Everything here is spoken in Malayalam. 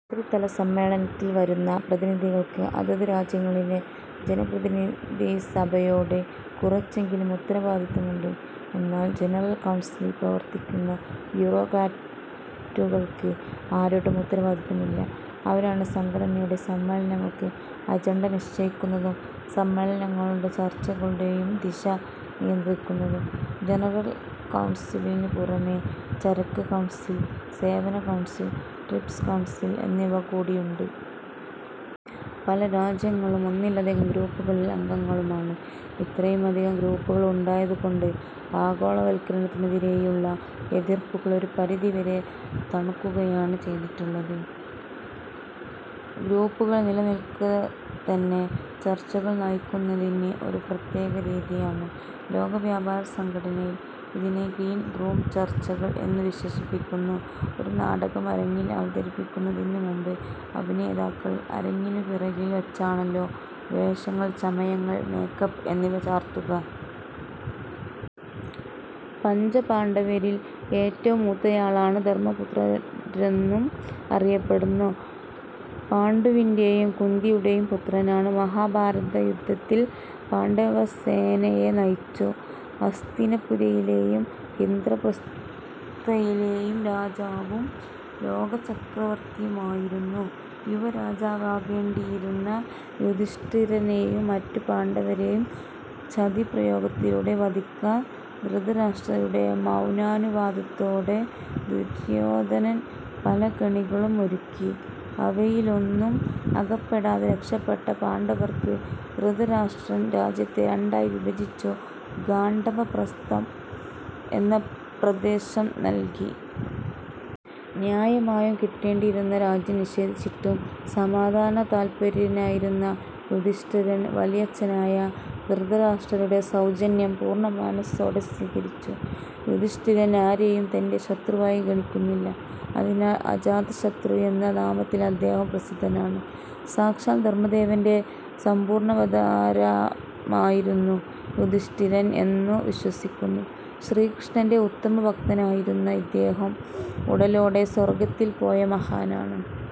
മന്ത്രിതലസമ്മേളനത്തിൽ വരുന്ന പ്രതിനിധികൾക്ക് അതത് രാജ്യങ്ങളിലെ ജനപ്രതിനിധിസഭയോടു കുറച്ചെങ്കിലും ഉത്തരവാദിത്തമുണ്ട്. എന്നാൽ ജനറൽ കൌൺസിലിൽ പ്രവർത്തിക്കുന്ന ബ്യൂറോക്രാറ്റുകൾക്ക് ആരോടും ഉത്തരവാദിത്തമില്ല. അവരാണ് സംഘടനയുടെ സമ്മേളനങ്ങൾക്ക് അജൻഡ നിശ്ചയിക്കുന്നതും സമ്മേളനങ്ങളുടെയും ചർച്ചകളുടെയും ദിശ നിയന്ത്രിക്കുന്നതും. ജനറൽ കൗൺസിലിനു പുറമേ, ചരക്ക് കൗൺസിൽ, സേവന കൗൺസിൽ, ട്രിപ്സ് കൌൺസിൽ എന്നിവകൂടിയുണ്ട്. പല രാജ്യങ്ങളും ഒന്നിലധികം ഗ്രൂപ്പുകളിൽ അംഗങ്ങളുമാണ്. ഇത്രയധികം ഗ്രൂപ്പുകൾ ഉണ്ടായതുകൊണ്ട് ആഗോളവത്കരണത്തിനെതിരെയുള്ള എതിർപ്പുകൾ ഒരു പരിധിവരെ തണുക്കുകയാണ് ചെയ്തിട്ടുള്ളത്. ഗ്രൂപ്പുകൾ നിലനിൽക്കെത്തന്നെ ചർച്ചകൾ നയിക്കുന്നതിന് ഒരു പ്രത്യേക രീതിയാണ് ലോകവ്യാപാരസംഘടനയിൽ. ഇതിനെ ഗ്രീൻ റൂംചർച്ചകൾ എന്നു വിശേഷിപ്പിക്കുന്നു. ഒരു നാടകം അരങ്ങിൽ അവതരിപ്പിക്കുന്നതിനുമുമ്പ്, അഭിനേതാക്കൾ അരങ്ങിനു പിറകിൽ വച്ചാണല്ലോ വേഷങ്ങൾ ചമയങ്ങൾ മേക്കപ്പ് എന്നിവ ചാർത്തുക. പഞ്ചപാണ്ഡവരിൽ ഏറ്റവും മൂത്തയാളാണ് ധർമ്മപുത്രരെന്നും അറിയപ്പെടുന്നു. പാണ്ഡുവിന്റെയും കുന്തിയുടെയും പുത്രനാണ്. മഹാഭാരതയുദ്ധത്തിൽ പാണ്ഡവസേനയെ നയിച്ചു. ഹസ്തിനപുരിയിലേയും ഇന്ദ്രപ്രസ്ഥയിലേയും രാജാവും ലോക ചക്രവർത്തിയുമായിരുന്നു. യുവരാജാവാകേണ്ടിയിരുന്ന യുധിഷ്ഠിരനേയും മറ്റു പാണ്ഡവരെയും ചതിപ്രയോഗത്തിലൂടെ വധിക്കാൻ ധൃതരാഷ്ട്രരുടെ മൗനാനുവാദത്തോടെ ദുര്യോധനൻ പല കെണികളും ഒരുക്കി. അവയിലൊന്നും അകപ്പെടാതെ രക്ഷപ്പെട്ട പാണ്ഡവർക്ക്, ധൃതരാഷ്ട്രർ രാജ്യത്തെ രണ്ടായി വിഭജിച്ചു ഖാണ്ഡവപ്രസ്ഥം എന്ന പ്രദേശം നല്കി. ന്യായമായും കിട്ടേണ്ടിയിരുന്ന രാജ്യം നിഷേധിച്ചിട്ടും സമാധാനതല്പ്പരനായിരുന്ന യുധിഷ്ഠിരൻ വലിയച്ഛനായ ധൃതരാഷ്ട്രരുടെ സൗജന്യം പൂർണമനസ്സോടെ സ്വീകരിച്ചു. യുധിഷ്ഠിരൻ ആരെയും തന്റെ ശത്രുവായി ഗണിക്കുന്നില്ല. അതിനാൽ അജാതശത്രു എന്ന നാമത്തിൽ അദ്ദേഹം പ്രസിദ്ധനാണ്. സാക്ഷാൽ ധർമ്മദേവന്റെ സംപൂർണ്ണാവതാരമായിരുന്നു യുധിഷ്ഠിരൻ എന്നു വിശ്വസിക്കുന്നു. ശ്രീകൃഷ്ണന്റെ ഉത്തമ ഭക്തനായിരുന്ന ഇദ്ദേഹം ഉടലോടെ സ്വർഗ്ഗത്തിൽ പോയ മഹാനാണ്.